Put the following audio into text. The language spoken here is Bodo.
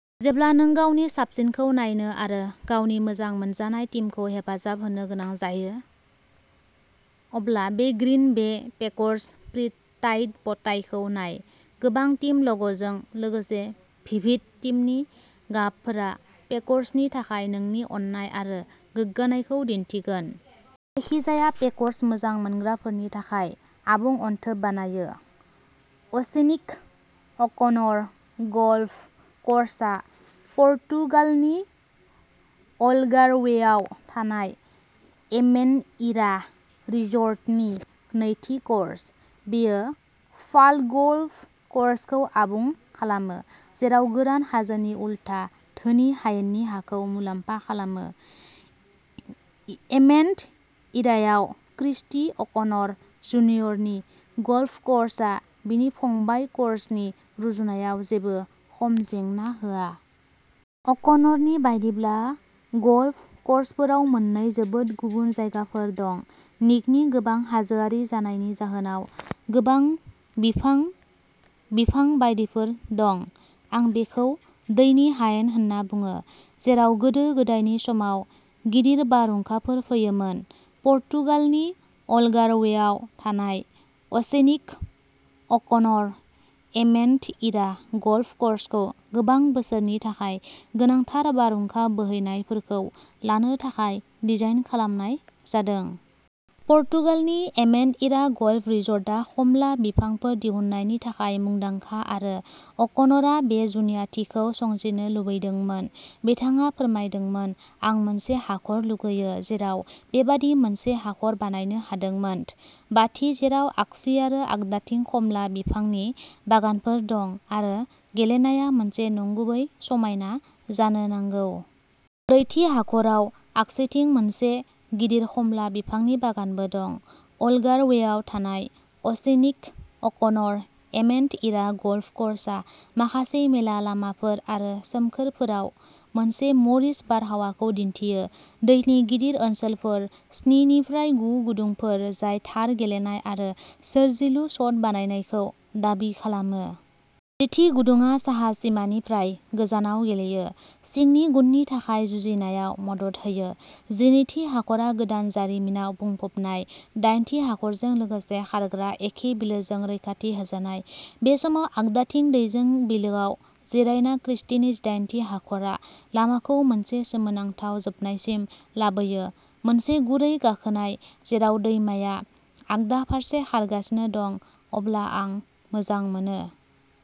जेब्ला नों गावनि साबसिनखौ नायनो आरो गावनि मोजां मोनजानाय टीमखौ हेफाजाब होनो गोनां जायो, अब्ला बे Green Bay peckers pre Tide ब'टाइखौ नाय। गोबां टीम ल'ग'जों लोगोसे भिभिड टीमनि गाबफोरा पेकर्सनि थाखाय नोंनि अननाय आरो गोग्गानायखौ दिन्थिगोन। जायखिजाया पेकर्स मोजां मोनग्राफोरनि थाखाय आबुं अनथोब बानायो! अ'सेनिक'अ'क'न'र गल्फ क'र्सआ पर्तुगालनि अल्गार्वेआव थानाय एमेन्ड'इरा रिसर्टनि नैथि क'र्स। बेयो फाल्ड'गल्फ क'र्सखौ आबुं खालामो, जेराव गोरान हाजोनि उलथा धोनि हायेननि हाखौ मुलाम्फा खालामो। एमेन्ड'इरायाव क्रिस्टी अ'क'न'र जुनियरनि गल्फ क'र्सआ बिनि फंबाय क'र्सनि रुजुनायाव जेबो खम जेंना होआ। अ'क'न'रनि बायदिब्ला, गल्फ क'र्सफोराव "मोननै जोबोद गुबुन जायगाफोर दं, निकनि गोबां हाजोआरि जानायनि जाहोनाव गोबां बिफां, बिफां बायदिफोर दं। आं बेखौ दैनि हायेन होनना बुङो, जेराव गोदो गोदायनि समाव गिदिर बारहुंखाफोर फैयोमोन।" पर्तुगालनि अल्गार्वेआव थानाय अ'सेनिक'अ'क'न'र एमेन्ड'इरा गल्फ क'र्सखौ गोबां बोसोरनि थाखाय गोनांथार बारहुंखा बोहैनायफोरखौ लानो थाखाय डिजाइन खालामनाय जादों। पर्तुगालनि एमेन्ड'इरा गल्फ रिसर्टआ खमला बिफांफोर दिहुननायनि थाखाय मुंदांखा आरो अ'क'न'रआ बे जुनियाथिखौ संजिरनो लुबैदोंमोन। बिथाङा फोरमायदोंमोन "आं मोनसे हाखर लुगैयो जेराव बेबादि मोनसे हाखर बानायनो हादोंमोन, बाथि, जेराव आगसि आरो आगदाथिं खमला बिफांनि बागानफोर दं आरो गेलेनाया मोनसे नंगुबै समायना जानो नांगौ। ब्रैथि हाखराव आगसिथिं मोनसे गिदिर खमला बिफांनि बागानबो दं। "अल्गार्वेआव थानाय अ'सेनिक'अ'क'न'र एमेन्ड'इरा गल्फ क'र्सआ माखासे मेला लामाफोर आरो सोमखोरफोराव मोनसे म'रिश बारहावाखौ दिन्थियो, दैनि गिदिर ओनसोलफोर स्नि निफ्राय गु गुदुंफोर जाय थार गेलेनाय आरो सोरजिलु शट बानायनायखौ दाबि खालामो। जिथि गुदुंआ साहा सिमानिफ्राय गोजानाव गेलेयो, सिंनि गुनि थाखाय जुजिनायाव मदद होयो। जिनैथि हाखरआ गोदान जारिमिनाव बुंफबनाय, दाइनथि हाखरजों लोगोसे खारग्रा एखे बिलोजों रैखाथि होजानाय, बे समाव आगदाथिं दैजों बिलोआव जिरायना क्रिस्टीनि जिदाइनथि हाखरआ लामाखौ मोनसे सोमोनांथाव जोबनायसिम लाबोयो, मोनसे गुरै गाखोनाय जेराव दैमाया आगदा फारसे खारगासिनो दं। अब्ला आं मोजां मोनो।